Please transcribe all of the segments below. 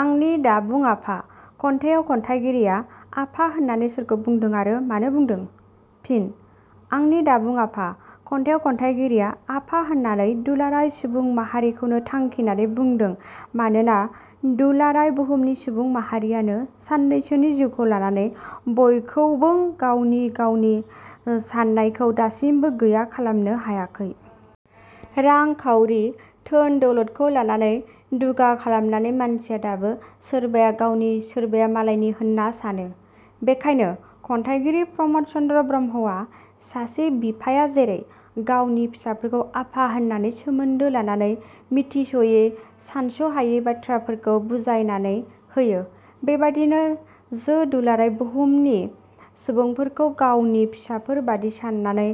'आंनि दाबुं आफा' खन्थाइयाव खन्थाइगिरिया' आफा' होननानै सोरखौ बुंदों आरो मानो बुंदों? फिनः 'आंनि दाबुं आफा' खन्थाइयाव खन्थाइगिरिया 'आफा' होननानै दुलाराय सुबुं माहारिखौनो थांखिनानै बुंदों। मानोना दुलाराय बहुमनि सुबुं माहारियानो साननैसोनि जिउखौ लानानै बयखौबों गावनि गावनि साननायखौ दासिमबो गैया खालामनो हायाखै। रां-खावरि, धोन-दौलदखौ लानानै दुगा खालामनानै मानसिया दाबो सोरबाया गावनि सोरबाया मालायनि होनना सानो। बेखायनो खन्थाइगिरि प्रमद चन्द्र ब्रह्मआ सासे बिफाया जेरै गावनि फिसाफोरखौ आफा होननानै सोमोन्दो लानानै मिथिस'यि सानस'हायि बाथ्राफोरखौ बुजायनानै होयो, बेबादिनो जो दुलाराय बहुमनि सुबुंफोरखौ गावनि फिसाफोर बादि साननानै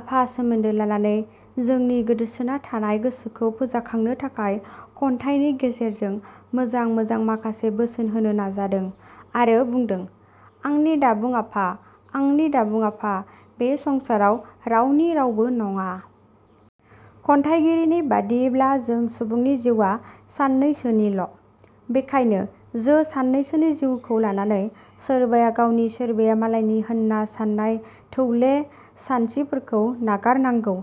आफा सोमोन्दो लानानै जोंनि गोदोसोना थानाय गोसोखौ फोजाखांनो थाखाय खन्थाइनि गेजेरजों मोजां मोजां माखासे बोसोन होनो नाजादों आरो बुंदों- आंनि दाबुं आफा आंनि दाबुं आफा बे संसाराव रावनि रावबो नङा। खन्थाइगिरिनि बादियैब्ला जों सुबुनि जिउवा साननैसोनिल'। बेखायनो जो साननैसोनि जिउखौ लानानै सोरबाया गावनि सोरबाया मालायनि होनना साननाय थौले सानसिफोरखौ नागारनांगौ।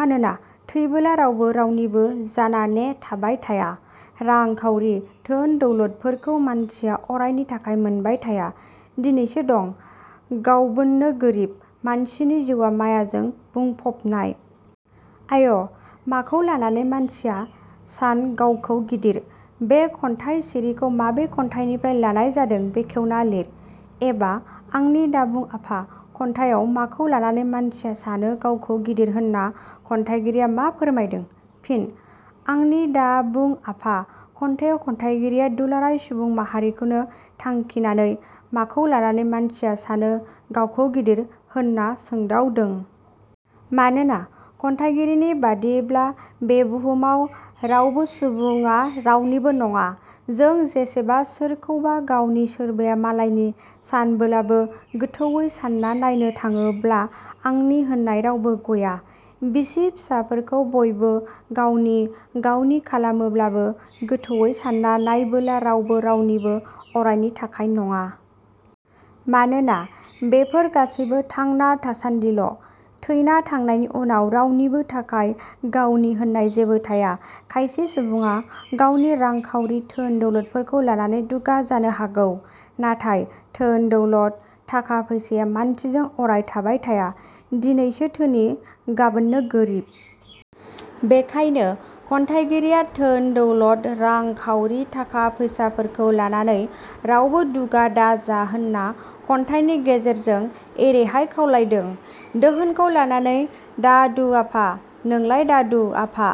मानोना थैबोला रावबो रावनिबो जानाने थाबाय थाया। रां-खावरि, धोन-दौलदफोरखौ मानसिया अरायनि थाखाय मोनबाय थाया, दिनैसो दं गावबोननो गोरिब, मानसिनि जिउवा मायाजों बुंफबनाय। "आय' माखौ लानानै मानसिया सान गावखौ गिदिर"-बे खन्थाइ सिरिखौ माबे खन्थाइनिफ्राय लानाय जादों बेखेवना लिर। "एबा" 'आंनि दाबुं आफा' खन्थाइयाव माखौ लानानै मानसिया सानो गावखौ गिदिर होनना खन्थाइगिरिया मा फोरमायदों? फिन: 'आंनि दा बुं आफा' खन्थाइयाव खन्थाइगिरिया दुलाराय सुबुं माहारिखौनो थांखिनानै 'माखौ लानानै मानसिया सानो गावखौ गिदिर' होनना सोंदावदों। मानोना, खन्थाइगिरिनि बादियैब्ला बे बुहुमाव रावबो सुबुडा रावनिबो नङा। जों जेसेबा सोरखौबा गावनि सोरबाया मालायनि सानबोलाबो गोथौवै सानना नायनो थाङोब्ला आंनि होननाय रावबो गया। बिसि-फिसाफोरखौ बयबो गावनि गावनि खालामोब्लाबो गोथौवै सानना नायबोला रावबो रावनिबो अरायनि थाखाय नङा। मानोना बेफोर गासैबो थांना थासानदिल'। थैना थांनायनि उनाव रावनिबो थाखाय गावनि होननाय जेबो थाया। खायसे सुबुङा गावनि रां खावरि धोन दौलदफोरखौ लानानै दुगा जानो हागौ। नाथाय धोन-दौलद, थाखा- फैसाया मानसिजों अराय थाबाय थाया, दिनैसो धोनि गाबोननो गोरिब। बेखायनो खन्थाइगिरिया धोन दौलद रां-खावरि थाखा फैसाफोरखौ लानानै रावबो दुगा दा जा होनना खन्थाइनि गेजेरजों एरैहाय खावलायदों- दोहोनखौ लानानै दा दु आफा- नोंलाय दादु आफा।